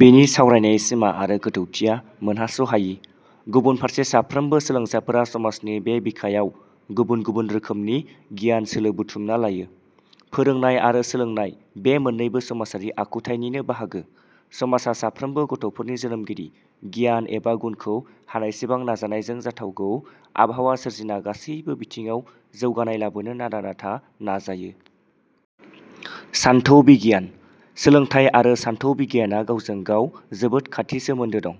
बेनि सावरायनाय सिमा आरो गोथौथिया मोनहास 'हायि। गुबुन फारसे साफ्रोमबो सोलोंसाफोरा समाजनि बे बिखायाव गुबुन गुबुन रोखोमनि गियानसोलो बुथुमना लायो। फोरोंनाय आरो सोलोंनाय बे मोन्नैबो समाजारि आखुथाइनिनो बाहागो समाजा साफ्रोमबो गथ 'फोरनि जोनोमारि गियान एबा गुनखौ हानायसेबां नाजानायजों जाथावगौ आबहावा सोरजिना गासैबो बिथिडाव जौगानाय लाबोनो नारा-नाथा नाजायो। सानथौ बिगियान: सोलोंथाइ आरो सानथौ बिगियाना गावजों गाव जोबोद खाथि सोमोन्दो दं।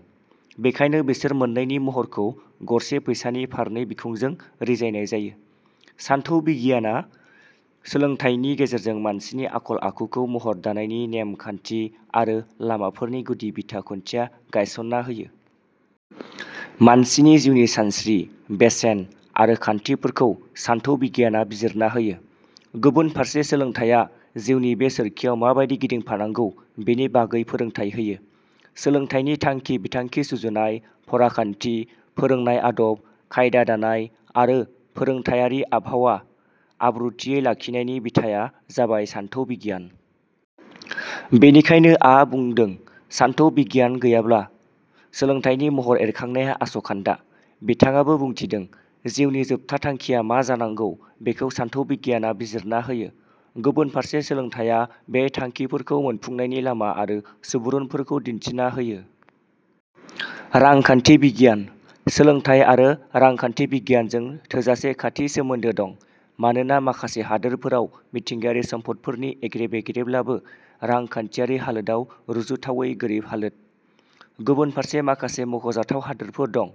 बेखायनो बिसोर मोन्नैनि महरखौ गरसे फैसानि फारनै बिखुंजों रिजायनाय जायो। सानथौ बिगियाना सोलोंथाइनि गेजेरजों मानसिनि आखल-आखुखौ महर दानायनि नेम-खान्थि आरो लामाफोरनि गुदि बिथा खुन्थिया गायसन्ना होयो। मानसिनि जिउनि सानस्रि, बेसेन आरो खान्थिफोरखौ सान्थौ बिगियाना बिजिरना होयो गुबुन फारसे सोलोंथाइया जिउनि बे सोरखियाव माबादि गिदिंफानांगौ बेनि बागै फोरोंथाइ होयो। सोलोंथाइनि थांखि बिथांखि सुजुनाय, फराखान्थि, फोरोंनाय आदब- खायदा दानाय आरो फोरोंथाइयारि आबहावा आब्रुथियै लाखिनायनि बिथायां जाबाय सानथौ बिगियान। बेनिखायनो आ बुंदों सानथौ बिगियान गैयाब्ला सोलोंथाइनि महर एरखांनाया आस'खान्दा। बिथाङाबो बुंथिदों- जिउनि जोबथा थांखिया मा जानांगौ बेखौ सानथौ बिगियाना बिजिरना होयो गुबुन फारसे सोलोंथाइया बे थांखिफोरखौ मोनफुंनायनि लामा आरो सुबुरुनफोरखौ दिन्थिना होयो। रांखान्थि बिगियान: सोलोंथाइ आरो रांखान्थि बिगियानजों थोजासे खाथि सोमोन्दो दं। मानोना माखासे हादोरफोराव मिथिंगायारि सम्मदफोरनि एग्रे-बेग्रेब्लाबो रांखान्थियारि हालोदाव रुजुथावै गोरिब हालोद। गुबुन फारसे माखासे मख'जाथाव हादोरफोर दं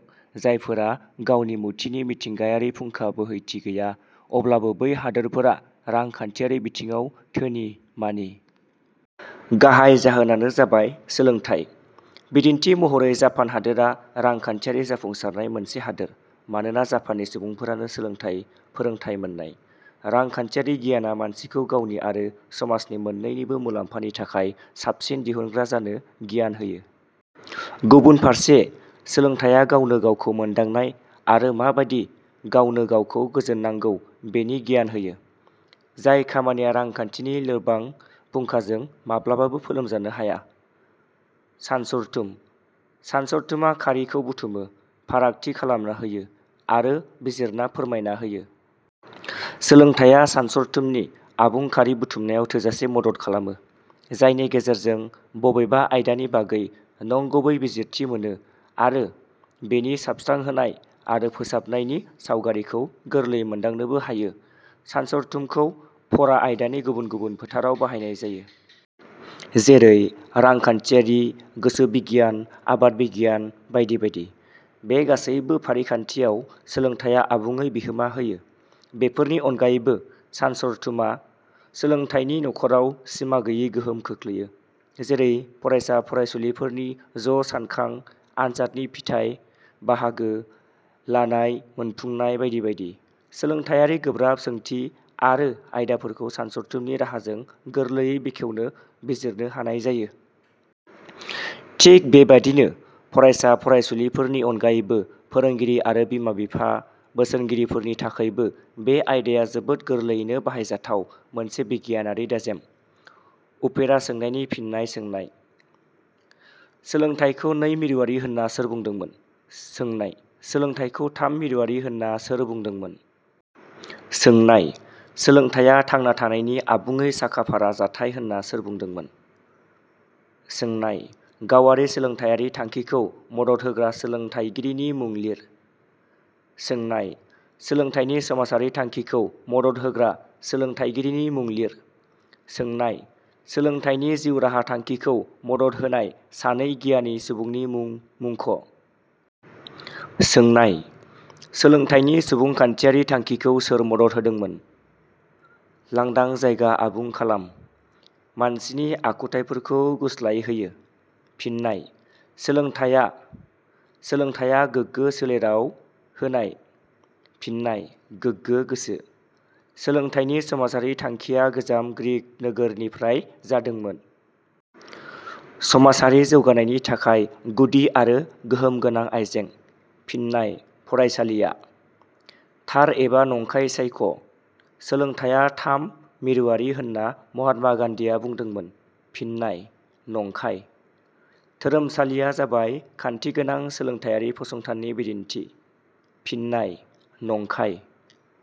जायफोरा गावनि मुथिनि मिथिंगायारि फुंखा-बोहैथि गैया अब्लाबो बै हादरफोरा रांखान्थियारि बिथिङाव धोनि-मानि। गाहाइ जाहोनानो जाबाय सोलोंथाइ। बिदिन्थि महरै जापान हादरा रांखान्थियारि जाफुंसारनाय मोनसे हादर मानोना जापाननि सुबुंफोरानो सोलोंथाइ – फोरोंथाइ मोन्नाय। रांखान्थियारि गियाना मानसिखौ गावनि आरो समाज मोन्नैनिबो मुलाम्फानि थाखाय साबसिन दिहुनग्रा जानो गियान होयो। गुबुन फारसे सोलोंथाइया गावनो गावखौ मोन्दांनाय आरो माबादि गावनो गावखौ गोजोननांगौ बेनि गियान होयो। जाय खामानिया रांखान्थिनि लोबां फुंखाजों माब्लाबाबो फोलोमजानो हाया। सानसुरथुम: सानसरथुमा खारि खौ बुथुमो, फारागथि खालामना होयो आरो बिजिरना फोरमायना होयो। सोलोंथाइया सानसरथुमनि आबुं खारि बुथुमनायाव थोजासे गदद खालामो। जायनि गेजेरजों बबेबा आयदानि बागै नंगुबै बिजिरथि मोनो आरो बेनि साबस्रांहोनाय आरो फोसाबनायनि सावगारिखौ गोरलैयै मोन्दांनोबो हायो। सानसरथुमखौ फरा आयदानि गुबुन गुबुन फोथाराव बाहायनाय जायो। जैरे- रांखान्थियारि, गोसो बिगियान, आबाद बिगियान बायदि बायदि। बे गासैबो फारिखान्थियाव सोलोंथाइया आबुडै बिहोमा होयो। बेफोरनि अनगायैबो सानसरथुगा सोलोंथाइनि न'खराव सिमा-गैयि गोहोम खोख्लैयो। जेरै- फरायसा फरायसुलिफोरनि ज सानखां, आनजादनि फिथाइ, बाहागो। लानाय, मोनफुंनाय बायदि बायदि सोलोंथाइयारि गोब्राब सोंथि आरो आयदाफोरखौ सानसरथुमनि राहाजों गोरलैयै बेखेवनो-बिजिरनो हानाय जायो। थिग बेबादिनो फरायसा-फरायसुलिफोरनि अनगायैबो फोरोंगिरि आरो बिमा-बिफा, बोसोनगिरिफोरनि थाखैबो बे आयदाया जोबोद गोरलैयैनो बाहायजाथाव मोनसे बिगियानआरि दाजेम। उफेरा सोंनायनि फिननाय सोंनाय. सोलोंथाइखौ नै मिरुवारि होन्ना सोर बुंदोंमोन? सोनाय-. सोलोंथाइखौ थाम मिरुवारि होन्ना सोर बुंदोंमोन? सोंनाय. सोलोंथाइया थांना थानायनि आबुङै साखा-फारा जाथाय होन्ना सोर बुंदोंमोन? सोंनाय-. गावारि सोलोंथाइयारि थांखिखौ मदद होग्रा सोलोंथाइगिरिनि मुं लिर। सोनाय-. सोलोंथाइनि समाजारि थांखिखौ मदद होग्रा सोलोंथाइगिरिनि मुं लिर। सोंनाय-. सोलोंथाइनि जिउराहा थांखिखौ मदद होन्नाय सानै गियानि सुबुंनि मुं मुंख'। सोंनाय-. सोलोंथाइनि सुबुंखान्थियारि थांखिखौ सोर मदद होदोंमोन?. लांदां जायगा आबुं खालाम:……….. मानसिनि आखुथाइफोरखौ गुस्लाय होयो। फिननाय: सोलोंथाइया।. सोलोंथाइया गोगो सोलेराव…….. होनाय। फिननाय: गोगो गोसो।. सोलोंथाइनि समाजारि थांखिया गोजाम ग्रिक नोगोर……… निफ्राय जादोंमोन।……… समाजारि जौगानायनि थाखाय गुदि आरो गोहोम गोनां आयजें। फिननाय: फरायसालिया।. थार एबा नंखाय सायख':. सोलोंथाइया थाम मिरुवारि होन्ना महात्मा गान्धिया बुंदोंमोन। फिननाय: नंखाय।. धोरोमसालिया जाबाय खान्थि गोनां सोलोंथाइयारि फसंथाननि बिदिन्थि। फिननाय: नंखाय।.